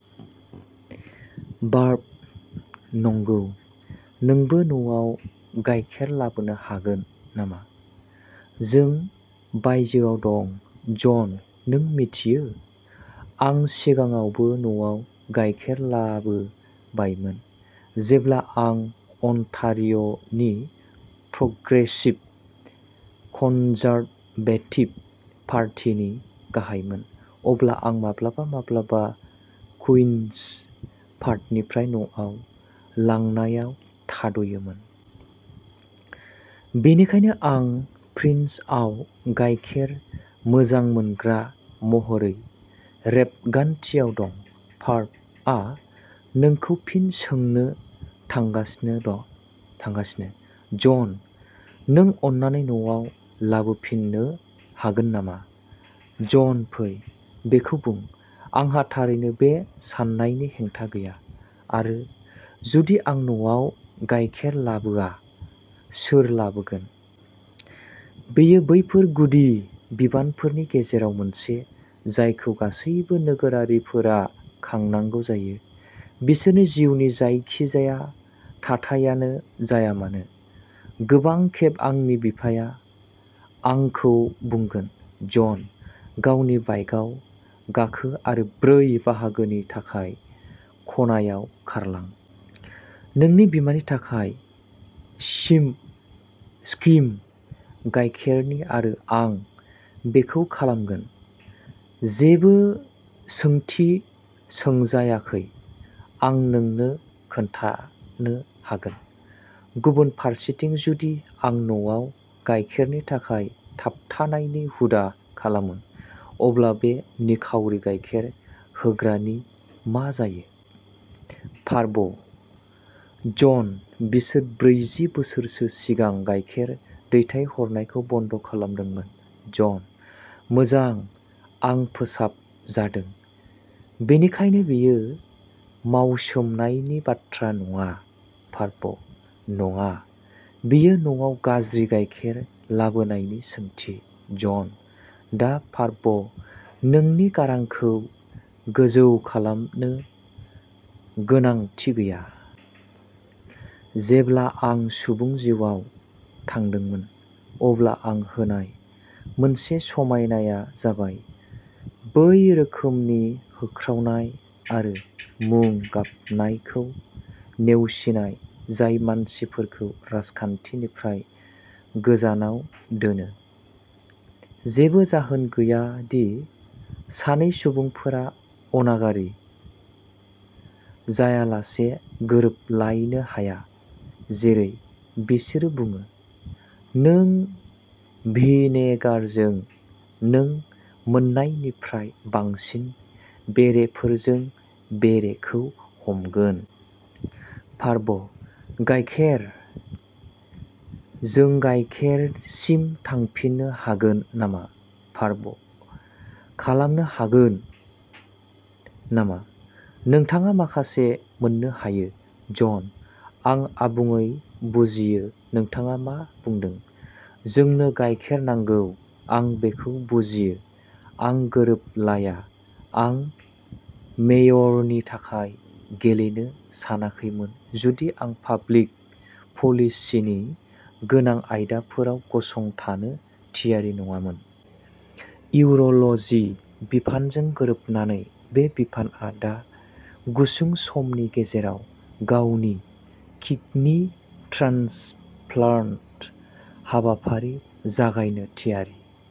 Barb नंगौ, नोंबो न'आव गाइखेर लाबोनो हागोन नामा? जों बायजोआव दं। जन नों मिथियो, आं सिगाङावबो न'आव गाइखेर लाबोबायमोन। जेब्ला आं अनटारिय'नि प्रग्रेसिभ कनजारभेटिभ पार्टिनि गाहायमोन, अब्ला आं माब्लाबा-माब्लाबा कुइन्स पार्कनिफ्राय न'आव लांनायाव थाद'योमोन। बेनिखायनो आं फ्रिन्जआव गाइखेर मोजां मोनग्रा महरै रेबगान्थियाव दं। बार्ब आ नोंखौ फिन सोंनो थांगासिनो दं, थांगासिनो जन। नों अन्नानै न'आव लाबोफिननो हागोन नामा? जन फै, बेखौ बुं। आंहा थारैनो बे साननायनि हेंथा गैया। आरो जुदि आं न'आव गाइखेर लाबोआ, सोर लाबोगोन? बेयो बैफोर गुदि बिबानफोरनि गेजेराव मोनसे जायखौ गासैबो नोगोरारिफोरा खांनांगौ जायो, बिसोरनि जिउनि जायखिजाया थाथायानो जाया मानो। गोबां खेब आंनि बिफाया आंखौ बुंगोन, जन, गावनि बाइकाव गाखो आरो ब्रै बाहागोनि थाखाय खनायाव खारलां। नोंनि बिमानि थाखाय सिम स्किम्ड गाइखेरनि आरो आं बेखौ खालामगोन, जेबो सोंथि सोंजायाखै, आं नोंनो खोन्थानो हागोन। गुबुन फारसेथिं, जुदि आं न'आव गाइखेरनि थाखाय थाबथानायनि हुदा खालामो, अब्ला बे निखावरि गाइखेर होग्रानि मा जायो? बार्ब जन, बिसोर ब्रैजि बोसोरसो सिगां गाइखेर दैथायहरनायखौ बन्द खालामदोंमोन। जनः मोजां आं फोसाबजादों। बेनिखायनो बेयो मावसोमनायनि बाथ्रा नङा। बार्बः नङा, बेयो न'आव गाज्रि गायखेर लाबोनायनि सोंथि। जनः दा, बार्ब, नोंनि गारांखौ गोजौ खालामनो गोनांथि गैया। जेब्ला आं सुबुं जिउआव थांदोंमोन, अब्ला आं होनाय मोनसे समायनाया जाबाय बै रोखोमनि होख्रावनाय आरो मुं-गाबनायखौ नेवसिनाय जाय मानसिफोरखौ राजखान्थिनिफ्राय गोजानाव दोनो। जेबो जाहोन गैया दि सानै सुबुंफोरा अनागारि जायालासे गोरोबलायनो हाया। जेरै बिसोरो बुङो, नों भिनेगारजों नों मोन्नायनिफ्राय बांसिन बेरेफोरजों बेरेखौ हमगोन। बार्बः गायखेर। जों गाइखेरसिम थांफिननो हागोन नामा? बार्ब: खालामनो हागोन नामा, नोंथाङा माखासे मोननो हायो? जनः आं आबुङै बुजियो नोंथाङा मा बुंदों। जोंनो गायखेर नांगौ। आं बेखौ बुजियो। आं गोरोबलाया। आं मेयरनि थाखाय गेलेनो सानाखैमोन जुदि आं पाब्लिक पलिसीनि गोनां आयदाफोराव गसंथानो थियारि नङामोन। इउर'ल'जी बिफानजों गोरोबनानै, बे बिफानआ दा गुसुं समनि गेजेराव गावनि किडनि ट्रान्सप्लान्ट हाबाफारि जागायनो थियारि।